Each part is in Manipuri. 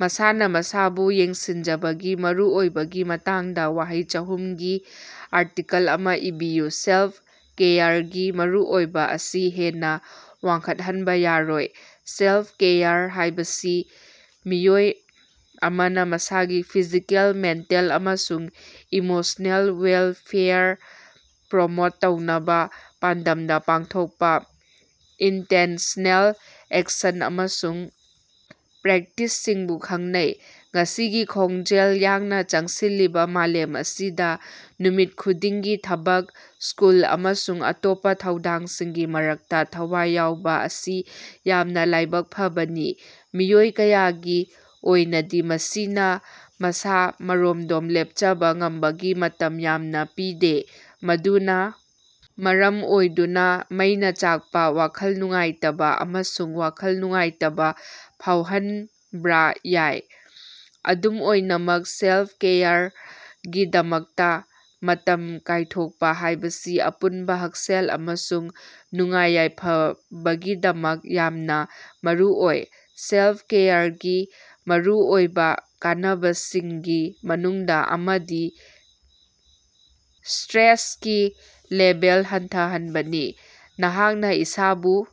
ꯃꯁꯥꯅ ꯃꯁꯥꯕꯨ ꯌꯦꯡꯁꯤꯟꯖꯕꯒꯤ ꯃꯔꯨꯑꯣꯏꯕꯒꯤ ꯃꯇꯥꯡꯗ ꯋꯥꯍꯩ ꯆꯍꯨꯝꯒꯤ ꯑꯥꯔꯇꯤꯀꯜ ꯑꯃ ꯏꯕꯤꯌꯨ꯫ ꯁꯦꯜꯐ-ꯀꯦꯌꯔꯒꯤ ꯃꯔꯨꯑꯣꯏꯕ ꯑꯁꯤ ꯍꯦꯟꯅ ꯋꯥꯡꯈꯠꯍꯟꯕ ꯌꯥꯔꯣꯏ꯫ ꯁꯦꯂꯐ-ꯀꯦꯌꯔ ꯍꯥꯏꯕꯁꯤ ꯃꯤꯑꯣꯏ ꯑꯃꯅ ꯃꯁꯥꯒꯤ ꯐꯤꯖꯤꯀꯦꯜ, ꯃꯦꯟꯇꯦꯜ ꯑꯃꯁꯨꯡ ꯏꯃꯣꯁ꯭ꯅꯦꯜ ꯋꯦꯜꯐꯦꯌꯔ ꯄ꯭ꯔꯣꯃꯣꯠ ꯇꯧꯅꯕ ꯄꯥꯟꯗꯝꯗ ꯄꯥꯡꯊꯣꯛꯄ ꯏꯟꯇꯦꯟꯁ꯭ꯅꯦꯜ ꯑꯦꯛꯁꯟ ꯑꯃꯁꯨꯡ ꯄ꯭ꯔꯦꯛꯇꯤꯁꯁꯤꯡꯕꯨ ꯈꯪꯅꯩ꯫ ꯉꯁꯤꯒꯤ ꯈꯣꯡꯖꯦꯜ ꯌꯥꯡꯅ ꯆꯪꯁꯤꯜꯂꯤꯕ ꯃꯥꯂꯦꯝ ꯑꯁꯤꯗ, ꯅꯨꯃꯤꯠ ꯈꯨꯗꯤꯡꯒꯤ ꯊꯕꯛ, ꯁ꯭ꯀꯨꯜ ꯑꯃꯁꯨꯡ ꯑꯇꯣꯞꯄ ꯊꯧꯗꯥꯡꯁꯤꯡꯒꯤ ꯃꯔꯛꯇ ꯊꯋꯥꯏ ꯌꯥꯎꯕ ꯑꯁꯤ ꯌꯥꯝꯅ ꯂꯥꯏꯕꯛ ꯐꯕꯅꯤ꯫ ꯃꯤꯑꯣꯏ ꯀꯌꯥꯒꯤ ꯑꯣꯏꯅꯗꯤ, ꯃꯁꯤꯅ ꯃꯁꯥ-ꯃꯔꯣꯝꯗꯣꯝ ꯂꯦꯞꯆꯕ ꯉꯝꯕꯒꯤ ꯃꯇꯝ ꯌꯥꯝꯅ ꯄꯤꯗꯦ, ꯃꯗꯨꯅ ꯃꯔꯝ ꯑꯣꯏꯗꯨꯅ ꯃꯩꯅ ꯆꯥꯛꯄ, ꯋꯥꯈꯜ ꯅꯨꯡꯉꯥꯏꯇꯕ ꯑꯃꯁꯨꯡ ꯋꯥꯈꯜ ꯅꯨꯡꯉꯥꯏꯇꯕ ꯐꯥꯎꯍꯟꯕꯥꫪ ꯌꯥꯏ꯫ ꯑꯗꯨꯝ ꯑꯣꯏꯅꯃꯛ, ꯁꯦꯜꯐ-ꯀꯦꯌꯔꯒꯤꯗꯃꯛꯇ ꯃꯇꯝ ꯀꯥꯏꯊꯣꯛꯄ ꯍꯥꯏꯕꯁꯤ ꯑꯄꯨꯟꯕ ꯍꯛꯁꯦꯜ ꯑꯃꯁꯨꯡ ꯅꯨꯡꯉꯥꯏ-ꯌꯥꯏꯐꯕꯒꯤꯗꯃꯛ ꯌꯥꯝꯅ ꯃꯔꯨꯑꯣꯏ꯫ ꯁꯦꯂꯐ-ꯀꯦꯌꯔꯒꯤ ꯃꯔꯨꯑꯣꯏꯕ ꯀꯥꯟꯅꯕꯁꯤꯡꯒꯤ ꯃꯅꯨꯡꯗ ꯑꯃꯗꯤ ꯁ꯭ꯇꯔꯦꯁꯀꯤ ꯂꯦꯚꯦꯜ ꯍꯟꯊꯍꯟꯕꯅꯤ꯫ ꯅꯍꯥꯛꯅ ꯏꯁꯥꯕꯨ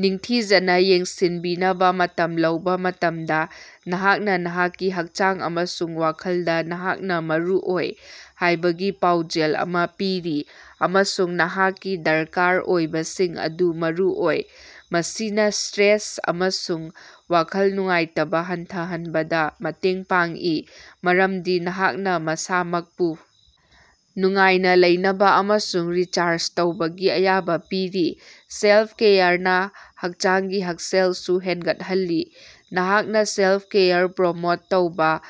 ꯅꯤꯡꯊꯤꯖꯅ ꯌꯦꯡꯁꯤꯟꯕꯤꯅꯕ ꯃꯇꯝ ꯂꯧꯕ ꯃꯇꯝꯗ, ꯅꯍꯥꯛꯅ ꯅꯍꯥꯛꯀꯤ ꯍꯛꯆꯥꯡ ꯑꯃꯁꯨꯡ ꯋꯥꯈꯜꯗ ꯅꯍꯥꯛ ꯃꯔꯨꯑꯣꯏ ꯍꯥꯏꯕꯒꯤ ꯄꯥꯎꯖꯦꯜ ꯑꯃ ꯄꯤꯔꯤ, ꯑꯃꯁꯨꯡ ꯅꯍꯥꯛꯀꯤ ꯗꯔꯀꯥꯔ ꯑꯣꯏꯕꯁꯤꯡ ꯑꯗꯨ ꯃꯔꯨꯑꯣꯏ꯫ ꯃꯁꯤꯅ ꯁ꯭ꯇꯔꯦꯁ ꯑꯃꯁꯨꯡ ꯋꯥꯈꯜ ꯅꯨꯡꯉꯥꯏꯇꯕ ꯍꯟꯊꯍꯟꯕꯗ ꯃꯇꯦꯡ ꯄꯥꯡꯏ, ꯃꯔꯝꯗꯤ ꯅꯍꯥꯛꯅ ꯃꯁꯥꯃꯛꯄꯨ ꯅꯨꯡꯉꯥꯏꯅ ꯂꯩꯅꯕ ꯑꯃꯁꯨꯡ ꯔꯤꯆꯥꯔꯖ ꯇꯧꯕꯒꯤ ꯑꯌꯥꯕ ꯄꯤꯔꯤ꯫ ꯁꯦꯜꯐ-ꯀꯦꯌꯔꯅ ꯍꯛꯆꯥꯡꯒꯤ ꯍꯛꯁꯦꯜꯁꯨ ꯍꯦꯟꯒꯠꯍꯜꯂꯤ꯫ ꯅꯍꯥꯛꯅ ꯁꯦꯂꯐ-ꯀꯦꯌꯔ ꯄ꯭ꯔꯣꯃꯣꯠ ꯇꯧꯕ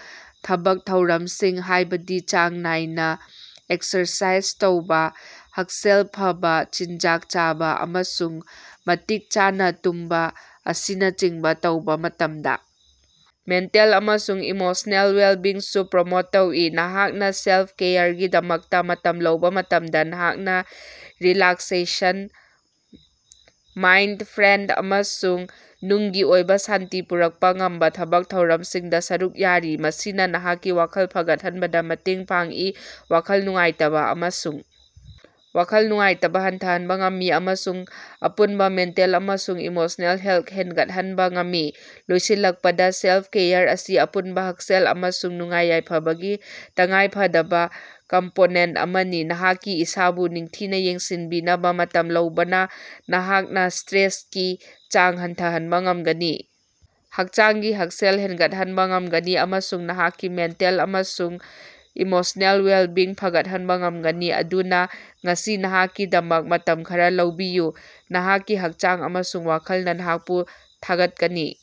ꯊꯕꯛ ꯊꯧꯔꯝꯁꯤꯡ, ꯍꯥꯏꯕꯗꯤ ꯆꯥꯡ ꯅꯥꯏꯅ ꯑꯦꯛꯁꯔꯁꯥꯏꯖ ꯇꯧꯕ, ꯍꯛꯁꯦꯜ ꯐꯕꯥ ꯆꯤꯟꯖꯥꯛ ꯆꯥꯕ, ꯑꯃꯁꯨꯡ ꯃꯇꯤꯛ ꯆꯥꯅ ꯇꯨꯝꯕ ꯑꯁꯤꯅꯆꯤꯡꯕ ꯇꯧꯕ ꯃꯇꯝꯗ, ꯃꯦꯟꯇꯦꯜ ꯑꯃꯁꯨꯡ ꯏꯃꯣꯁ꯭ꯅꯦꯜ ꯋꯦꯜꯕꯤꯡꯁꯨ ꯄ꯭ꯔꯣꯃꯣꯠ ꯇꯧꯏ꯫ ꯅꯍꯥꯛꯅ ꯁꯦꯜꯐ-ꯀꯦꯌꯔꯒꯤꯗꯃꯛꯇ ꯃꯇꯝ ꯂꯧꯕ ꯃꯇꯝꯗ, ꯅꯍꯥꯛꯅ ꯔꯤꯂꯥꯛꯁꯦꯁꯟ, ꯃꯥꯏꯟꯗꯐ꯭ꯔꯦꯟꯗ ꯑꯃꯁꯨꯡ ꯅꯨꯡꯒꯤ ꯑꯣꯏꯕ ꯁꯥꯟꯇꯤ ꯄꯨꯔꯛꯄ‌ ꯉꯝꯕ ꯊꯕꯛ ꯊꯧꯔꯝꯁꯤꯡꯗ ꯁꯔꯨꯛ ꯌꯥꯔꯤ꯫ ꯃꯁꯤꯅ ꯅꯍꯥꯛꯀꯤ ꯋꯥꯈꯜ ꯐꯒꯠꯍꯟꯕꯗ ꯃꯇꯦꯡ ꯄꯥꯡꯏ, ꯋꯥꯈꯜ ꯅꯨꯡꯉꯥꯏꯇꯕꯥ ꯑꯃꯁꯨꯡ ꯋꯥꯈꯜ ꯅꯨꯡꯉꯥꯏꯇꯕꯥ ꯍꯟꯊꯍꯟꯕ ꯉꯝꯃꯤ ꯑꯃꯁꯨꯡ ꯑꯄꯨꯟꯕ ꯃꯦꯟꯇꯦꯜ ꯑꯃꯁꯨꯡ ꯏꯃꯣꯁ꯭ꯅꯦꯜ ꯍꯦꯜꯊ ꯍꯦꯟꯒꯠꯍꯟꯕ ꯉꯝꯃꯤ꯫ ꯂꯣꯏꯁꯤꯜꯂꯛꯄꯗ, ꯁꯦꯜꯐ-ꯀꯦꯌꯔ ꯑꯁꯤ ꯑꯄꯨꯟꯕ ꯍꯛꯁꯦꯜ ꯑꯃꯁꯨꯡ ꯅꯨꯡꯉꯥꯏ-ꯌꯥꯏꯐꯕꯒꯤ ꯇꯉꯥꯏꯐꯗꯕ ꯀꯝꯄꯣꯅꯦꯟꯇ ꯑꯃꯅꯤ꯫ ꯅꯍꯥꯛꯀꯤ ꯏꯁꯥꯕꯨ ꯅꯤꯡꯊꯤꯅ ꯌꯦꯡꯁꯤꯟꯕꯤꯅꯕ ꯃꯇꯝ ꯂꯧꯕꯅ, ꯅꯍꯥꯛꯅ ꯁ꯭ꯇꯔꯦꯁꯀꯤ ꯆꯥꯡ ꯍꯟꯊꯍꯟꯕ ꯉꯝꯒꯅꯤ, ꯍꯛꯆꯥꯡꯒꯤ ꯍꯛꯁꯦꯜ ꯍꯦꯟꯒꯠꯍꯟꯕ ꯉꯝꯒꯅꯤ ꯑꯃꯁꯨꯡ ꯅꯍꯥꯛꯀꯤ ꯃꯦꯟꯇꯦꯜ ꯑꯃꯁꯨꯡ ꯏꯃꯣꯁ꯭ꯅꯦꯜ ꯋꯦꯜꯕꯤꯡ ꯐꯒꯠꯍꯟꯕ ꯉꯝꯒꯅꯤ꯫ ꯑꯗꯨꯅ, ꯉꯁꯤ ꯅꯍꯥꯛꯀꯤꯗꯃꯛ ꯃꯇꯝ ꯈꯔꯥ ꯂꯧꯕꯤꯌꯨ – ꯅꯍꯥꯛꯀꯤ ꯍꯛꯆꯥꯡ ꯑꯃꯁꯨꯡ ꯋꯥꯈꯜꯅ ꯅꯍꯥꯛꯄꯨ ꯊꯥꯒꯠꯀꯅꯤ꯫